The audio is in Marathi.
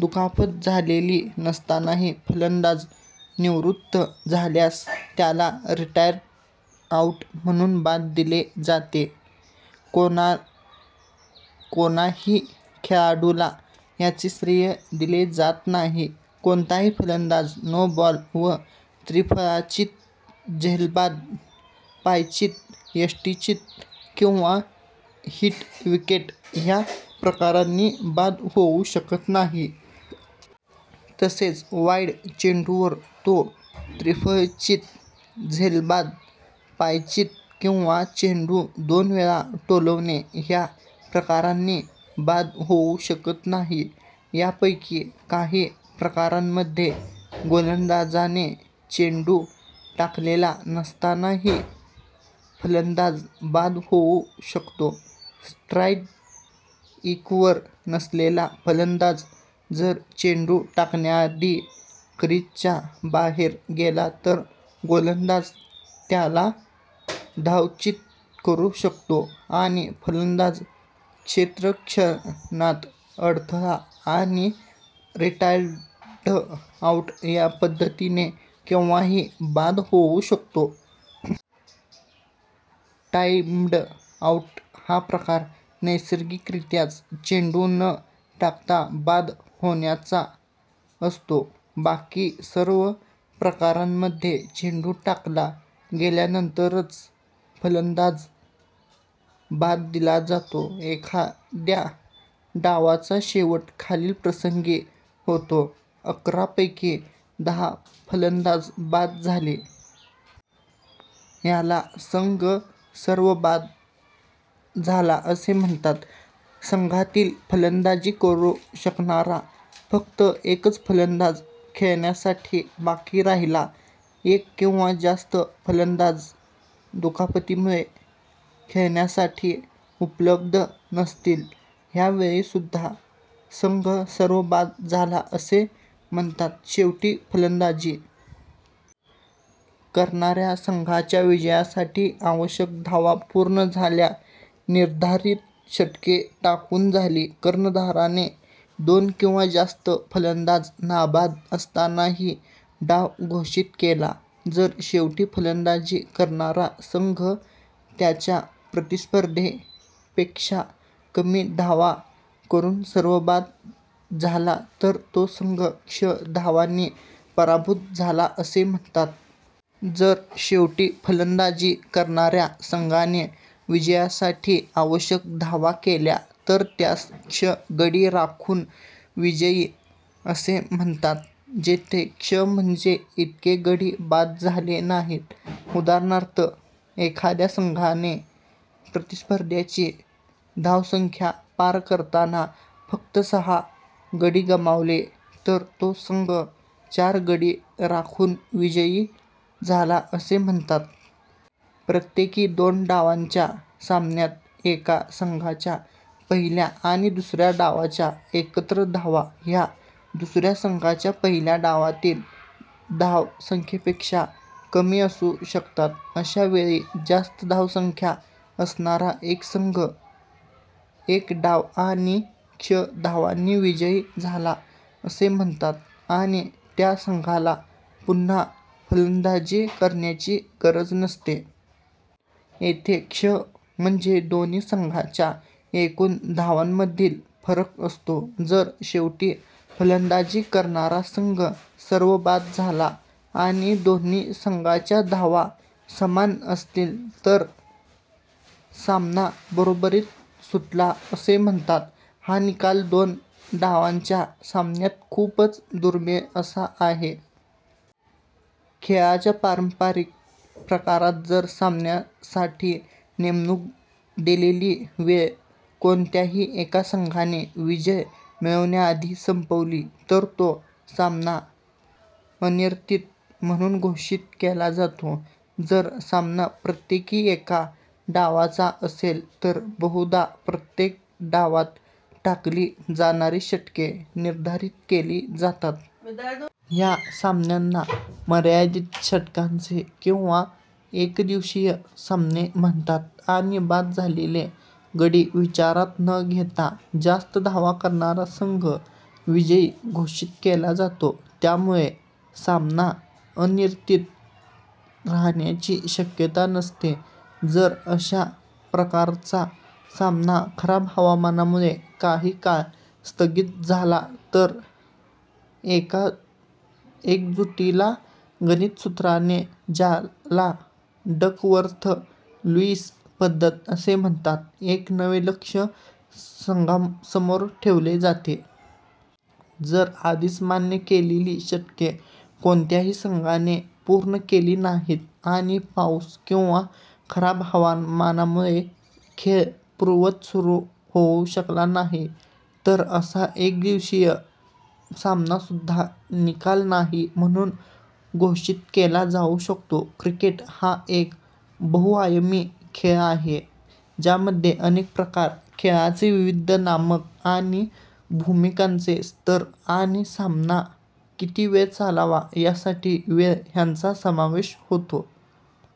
दुखापत झालेली नसतानाही फलंदाज निवृत्त झाल्यास त्याला रिटायर्ड आऊट म्हणून बाद दिले जाते; कोणाही खेळाडूला ह्याचे श्रेय दिले जात नाही. कोणताही फलंदाज नो बॉल वर त्रिफळाचीत, झेलबाद, पायचीत, यष्टिचीत किंवा हिट विकेट ह्या प्रकारांनी बाद होऊ शकत नाही. तसेच वाईड चेंडूवर तो त्रिफळाचीत, झेलबाद, पायचीत, किंवा चेंडू दोन वेळा टोलावणे ह्या प्रकारांनी बाद होवू शकत नाही. यापैकी काही प्रकारांमध्ये गोलंदाजाने चेंडू टाकलेला नसतानाही फलंदाज बाद होऊ शकतो. स्ट्राईकवर नसलेला फलंदाज जर चेंडू टाकण्याआधी क्रिजच्या बाहेर गेला तर, गोलंदाज त्याला धावचीत करू शकतो, आणि फलंदाज क्षेत्ररक्षणात अडथळा आणि रिटायर्ड आऊट या पद्धतीने केव्हाही बाद होऊ शकतो. टाईम्ड आऊट हा प्रकार नैसर्गिगरीत्याच चेंडू न टाकता बाद होण्याचा असतो. बाकी सर्व प्रकारांमध्ये चेंडू टाकला गेल्यानंतरच फलंदाज बाद दिला जातो. एखाद्या डावाचा शेवट खालील प्रसंगी होतो: अकरा पैकी दहा फलंदाज बाद झाले; ह्याला संघ "सर्वबाद" झाला असे म्हणतात संघातील फलंदाजी करू शकणारा फक्त एकच फलंदाज खेळण्यासाठी बाकी राहिला, एक किंवा जास्त फलंदाज दुखापतीमुळे खेळण्यासाठी उपलब्ध नसतील; ह्यावेळी सुद्धा, संघ "सर्वबाद" झाला असे म्हणतात शेवटी फलंदाजी करणाऱ्या संघाच्या विजयासाठी आवश्यक धावा पूर्ण झाल्या निर्धारित षटके टाकून झाली कर्णधाराने दोन किंवा जास्त फलंदाज नाबाद असतानाही डाव घोषित केला जर शेवटी फलंदाजी करणारा संघ त्यांच्या प्रतिस्पर्ध्यापेक्षा कमी धावा करून सर्वबाद झाला, तर तो संघ " क्ष धावांनी पराभूत" झाला असे म्हणतात.. जर शेवटी फलंदाजी करणाऱ्या संघाने विजयासाठी आवश्यक धावा केल्या, तर त्यास " क्ष गडी राखून विजयी" असे म्हणतात, जेथे क्ष म्हणजे इतके गडी बाद झाले नाहीत. उदाहरणार्थ, एखाद्या संघाने प्रतिस्पर्ध्याची धावसंख्या पार करताना फक्त सहा गडी गमावले तर तो संघ "चार गडी राखून विजयी" झाला असे म्हणतात. प्रत्येकी दोन डावांच्या सामन्यात, एका संघाच्या पहिल्या आणि दुसऱ्या डावाच्या एकत्र धावा ह्या, दुसऱ्या संघाच्या पहिल्या डावातील धावसंख्येपेक्षा कमी असून शकतात. अशा वेळी जास्त धावसंख्या असणारा संघ एक डाव आणि क्ष धावांनी विजयी झाला असे म्हणतात, आणि त्या संघाला पुन्हा फलंदाजी करण्याची गरज नसते. येथे क्ष म्हणजे दोन्ही संघांच्या एकून धावांमधील फरक असतो. जर शेवटी फलंदाजी करणारा संघ सर्वबाद झाला, आणि दोन्ही संघांच्या धावा समान असतील, तर सामना बरोबरीत सुटला असे म्हणतात; हा निकाल दोन डावांच्या सामन्यात खूपच दूर्मिळ असा आहे. खेळाच्या पारंपारिक प्रकारात, जर सामन्यासाठी नेमून दिलेली वेळ कोणत्याही एका संघाने विजय मिळविण्याआधी संपली तर तो सामना अनिर्णित म्हणून घोषित केला जातो. जर सामना प्रत्येकी एका डावाचा असेल, तर बहुधा प्रत्येक डावात टाकली जाणारी षटके निर्धारित केली जातात. ह्या सामन्यांना "मर्यादित षटकांचे" किंवा "एकदिवसीय" सामने म्हणतात, आणि बाद झालेले गडी विचारात न घेता, जास्त धावा करणारा संघ विजयी घोषित केला जातो, त्यामुळे सामना अनिर्णित राहण्याची शक्यता नसते. जर अशा प्रकारचा सामना खराब हावामानामुळे काही काळ स्थगित झाला तर एका जटिल गणिती सूत्राने, ज्याला डकवर्थ-लुईस पद्धत असे म्हणतात, एक नवे लक्ष्य संघासमोर ठेवले जाते. जर आधीच मान्य केलेली षटके कोणत्याही संघाने पूर्ण केली नाहीत, आणि पाऊस किंवा खराब हवामानामुळे खेळ पूर्ववत सुरू होऊ शकला नाही तर असा एकदिवसीय सामनासुद्धा "निकाल नाही" म्हणून घोषित केला जाऊ शकतो. क्रिकेट हा एक बहुआयामी खेळ आहे, ज्यामध्ये अनेक प्रकार, खेळाचे विविध मानक आणि भूमिकांचे स्तर आणि सामना किती वेळ चालावा यासाठीची वेळ ह्यांचा समावेश होतो.